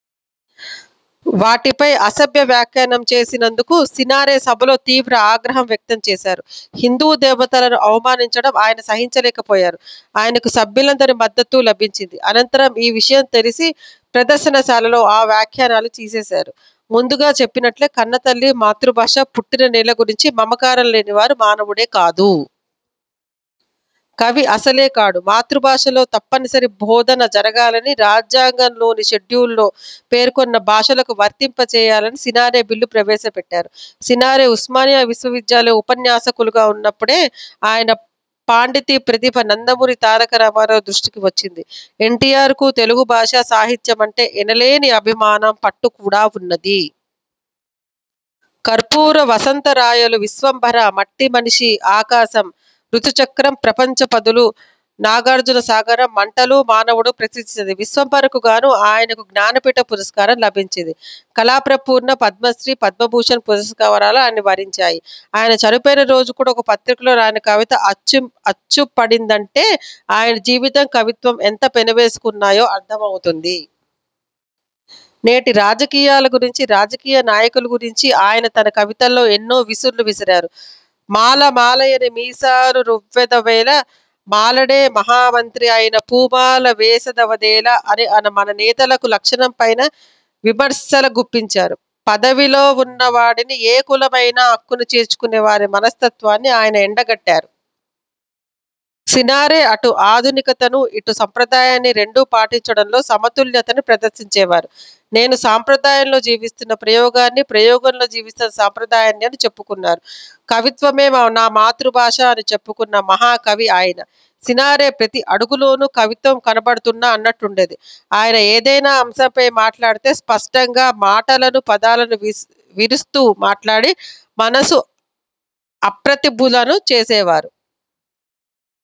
వాటిపై అసభ్య వ్యాఖ్యానం చేసినందుకు సినారె సభలో తీవ్ర ఆగ్రహం వ్యక్తం చేశారు. హిందూ దేవతలను అవమానించడం ఆయన సహించలేకపోయారు. ఆయనకు సభ్యులందరి మద్దతూ లభించింది. అనంతరం ఈ విషయం తెలిసి ప్రదర్శన శాలలో ఆ వ్యాఖ్యానాలు తీసేశారు. ముందుగా చెప్పినట్లే కన్నతల్లి, మాతృభాష, పుట్టిన నేల గురించి మమకారం లేని వారు మానవుడే కాదు. కవి అసలే కాడు. మాతృభాషలో తప్పనిసరి బోధన జరగాలని, రాజ్యాంగంలోని షెడ్యూలులో పేర్కొన్న భాషలకు వర్తింపచేయాలని సినారె బిల్లు ప్రవేశపెట్టారు. సినారె ఉస్మానియా విశ్వ విద్యాలయం ఉపన్యాసకులుగా ఉన్నప్పుడే ఆయన పాండితీ ప్రతిభ నందమూరి తారకరామారావు దృష్టికి వచ్చింది. ఎన్టీఆర్కూ తెలుగు భాష, సాహిత్యం అంటే ఎనలేని అభిమానం, పట్టు కూడా ఉన్నది. కర్పూర వసంత రాయాలు, విశ్వంభర, మట్టీ మనిషీ ఆకాశం, రుతుచక్రం, ప్రపంచ పదులు, నాగార్జున సాగరం. మంటలూ మానవుడూ ప్రసిద్ధి చెందాయి. విశ్వంభరకు గాను ఆయనకు జ్ఞానపీఠ పురస్కారం లభించింది. కళాప్రపూర్ణ, పద్మశ్రీ, పద్మభూషణ్ పురస్కారాలు ఆయనను వరించాయి. ఆయన చనిపోయిన రోజు కూడా ఒక పత్రికలో ఆయన కవిత అచ్చుపడిందంటే ఆయన జీవితం, కవిత్వం ఎంత పెనవేసుకున్నాయో అర్థమవుతుంది. నేటి రాజకీయాల గురించి రాజకీయ నాయకుల గురించి ఆయన తన కవితల్లో ఎన్నో విసుర్లు విసిరారు. మాల మాల యని మీసాలు రువ్వెదవదేలా మాలడే మహా మంత్రి అయిన పూమాల వేసేదవదేలా అని మన నేతల లక్షణంపై విమర్శలు గుప్పించారు. పదవిలో ఉన్న వాడిని ఏ కులమైనా అక్కున చేర్చుకునే వారి మనస్తత్వాన్ని ఆయన ఎండగట్టారు. సినారె అటు ఆధునికతనూ, ఇటు సంప్రదాయాన్నీ రెండూ పాటించడంలో సమతుల్యతను ప్రదర్శించేవారు. నేను సంప్రదాయంలో జీవిస్తున్న ప్రయోగాన్ని, ప్రయోగంలో జీవిస్తున్న సంప్రదాయాన్ని అని చెప్పుకున్నారు. కవిత్వమే నా మాతృభాష అని చెప్పుకున్న మహా కవి ఆయన. సినారె ప్రతి అడుగులోనూ కవిత్వం కనపడుతుందా అన్నట్లుండేది. ఆయన ఏదైనా అంశంపై మాట్లాడితే స్పష్టంగా, మాటలను, పదాలను విరుస్తూ మాట్లాడి మనను అప్రతిభులను చేసేవారు.